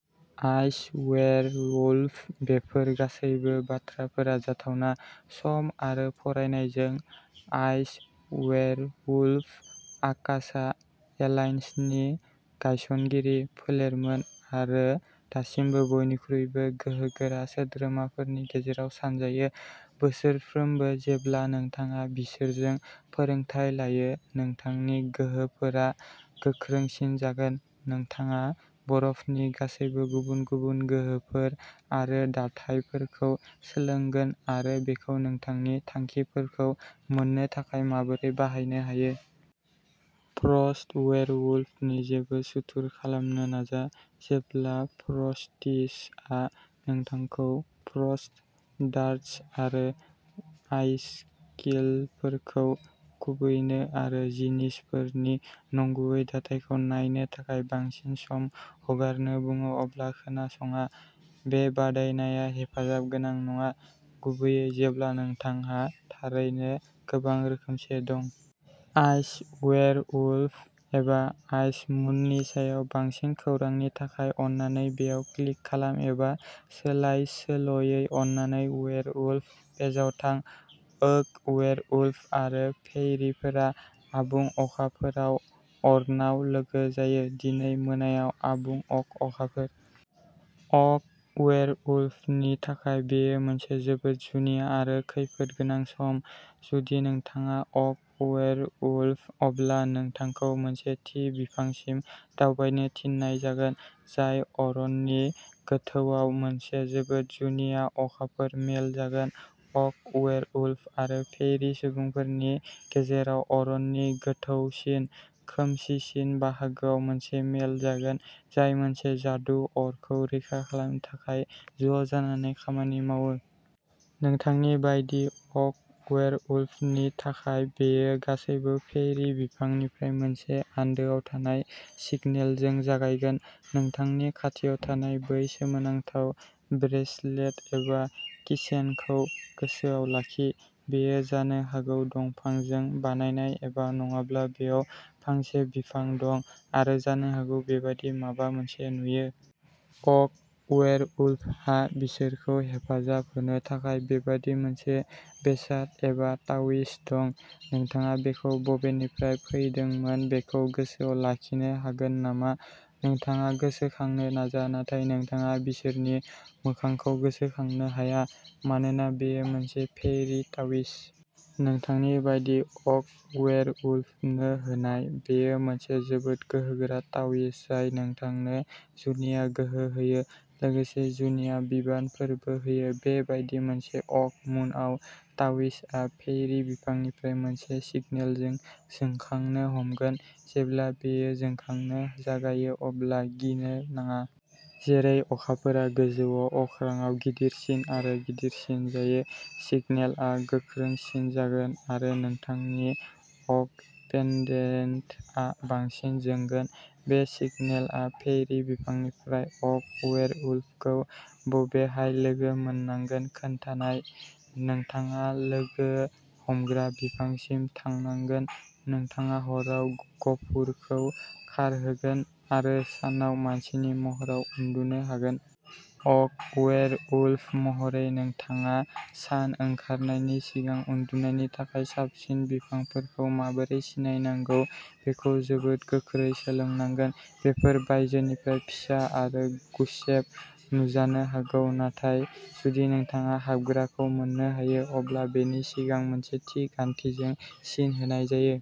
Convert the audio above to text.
Ice werewolf, बेफोर गासैबो बाथ्राफोरा जाथावना, सम आरो फरायनायजों। आइस वेयरवुल्फआ आकाशा एलायन्सनि गायसनगिरि फोलेरमोन आरो दासिमबो बयनिख्रुइबो गोहोगोरा सोद्रोमाफोरनि गेजेराव सानजायो। बोसोरफ्रोमबो जेब्ला नोंथाङा बिसोरजों फोरोंथाय लायो, नोंथांनि गोहोफोरा गोख्रोंसिन जागोन। नोंथाङा बरफनि गासैबो गुबुन-गुबुन गोहोफोर आरो दाथायफोरखौ सोलोंगोन आरो बेखौ नोंथांनि थांखिफोरखौ मोन्नो थाखाय माबोरै बाहायनो हायो। फ्रस्ट वेयरवुल्फनि जेबो सुथुर खालामनो नाजा। जेब्ला फ्रस्टिसआ नोंथांखौ फ्रस्ट डार्ट्स आरो आइसकिलफोरखौ खुबैनो आरो जिनिसफोरनि नंगुबै दाथायखौ नायनो थाखाय बांसिन सम हगारनो बुङो अब्ला खोनासङा। बे बादायनाया हेफाजाब गोनां नङा, गुबैयै जेब्ला नोंथांहा थारैनो गोबां रोखोमसे दं। आइस वेयरवुल्फ एबा आइस मुननि सायाव बांसिन खौरांनि थाखाय अन्नानै बेयाव क्लिक खालाम एबा सोलाय-सोल'यै अन्नानै वेयरवुल्फ पेजआव थां। ओक वेयरवुल्फ आरो फेयरीफोरा आबुं अखाफोरआव अरनाव लोगो जायो। दिनै मोनायाव आबुं अक अखाफोर। अक वेयरवुल्फनि थाखाय बेयो मोनसे जोबोद जुनिया आरो खैफोदगोनां सम। जुदि नोंथाङा अक वेयरवुल्फ, अब्ला नोंथांखौ मोनसे थि बिफांसिम दावबायनो थिननाय जागोन, जाय अरननि गोथौआव मोनसे जोबोद जुनिया अखाफोर मेल जागोन। अक वेयरवुल्फ आरो फेयरी सुबुंफोरनि गेजेराव अरननि गोथौसिन, खोमसिसिन बाहागोआव मोनसे मेल जागोन, जाय मोनसे जादु अरखौ रैखा खालामनो थाखाय ज'जानानै खामानि मावो। नोंथांनि बायदि अक वेयरवुल्फनि थाखाय, बेयो गासैबो फेयरी बिफांनिफ्राय मोनसे आन्दोआव थानाय सिगनेलजों जागायगोन। नोंथांनि खाथियाव थानाय बै सोमोनांथाव ब्रेसलेट एबा कीचेनखौ गोसोआव लाखि? बेयो जानो हागौ दंफांजों बानायनाय एबा नङाब्ला बेयाव फांसे बिफां दं आरो जानो हागौ बेबादि माबा मोनसे नुयो। अक वेयरवुल्फहा बिसोरखौ हेफाजाब होनो थाखाय बेबादि मोनसे बेसाद एबा तावीज दं। नोंथाङा बेखौ बबेनिफ्राय फैदोंमोन बेखौ गोसोआव लाखिनो हागोन नामा? नोंथाङा गोसोखांनो नाजा नाथाय नोंथाङा बिसोरनि मोखांखौ गोसोखांनो हाया। मानोना बेयो मोनसे फेयरी तावीज। नोंथांनि बायदि अक वेयरवुल्फनो होनाय, बेयो मोनसे जोबोद गोहोगोरा तावीज जाय नोंथांनो जुनिया गोहो होयो, लोगोसे जुनिया बिबानफोरबो होयो। बे बायदि मोनसे अक मुनआव तावीजआ फेयरी बिफांनिफ्राय मोनसे सिगनेलजों जोंखांनो हमगोन। जेब्ला बेयो जोंखांनो जागायो अब्ला गिनो नाङा। जेरै अखाफोरा गोजौआव अख्रांआव गिदिरसिन आरो गिदिरसिन जायो, सिगनेलआ गोख्रोंसिन जागोन आरो नोंथांनि अक पेन्डेन्टआ बांसिन जोंगोन। बे सिगनेलआ फेयरी बिफांनिफ्राय अक वेयरवुल्फखौ बबेहाय लोगो मोननांगोन खोन्थानाय। नोंथाङा लोगो हमग्रा बिफांसिम थांनांगोन। नोंथाङा हराव गफुरखौ खारहोगोन आरो सानाव मानसिनि महराव उन्दुनो हागोन। अक वेयरवुल्फ महरै, नोंथाङा सान ओंखारनायनि सिगां उन्दुनायनि थाखाय साबसिन बिफांफोरखौ माबोरै सिनायनांगौ बेखौ जोबोद गोख्रै सोलोंनांगोन। बेफोर बायजोनिफ्राय फिसा आरो गुसेब नुजानो हागौ नाथाय जुदि नोंथाङा हाबग्राखौ मोन्नो हायो, अब्ला बेनि सिगां मोनसे थि गान्थिजों सिन होनाय जायो।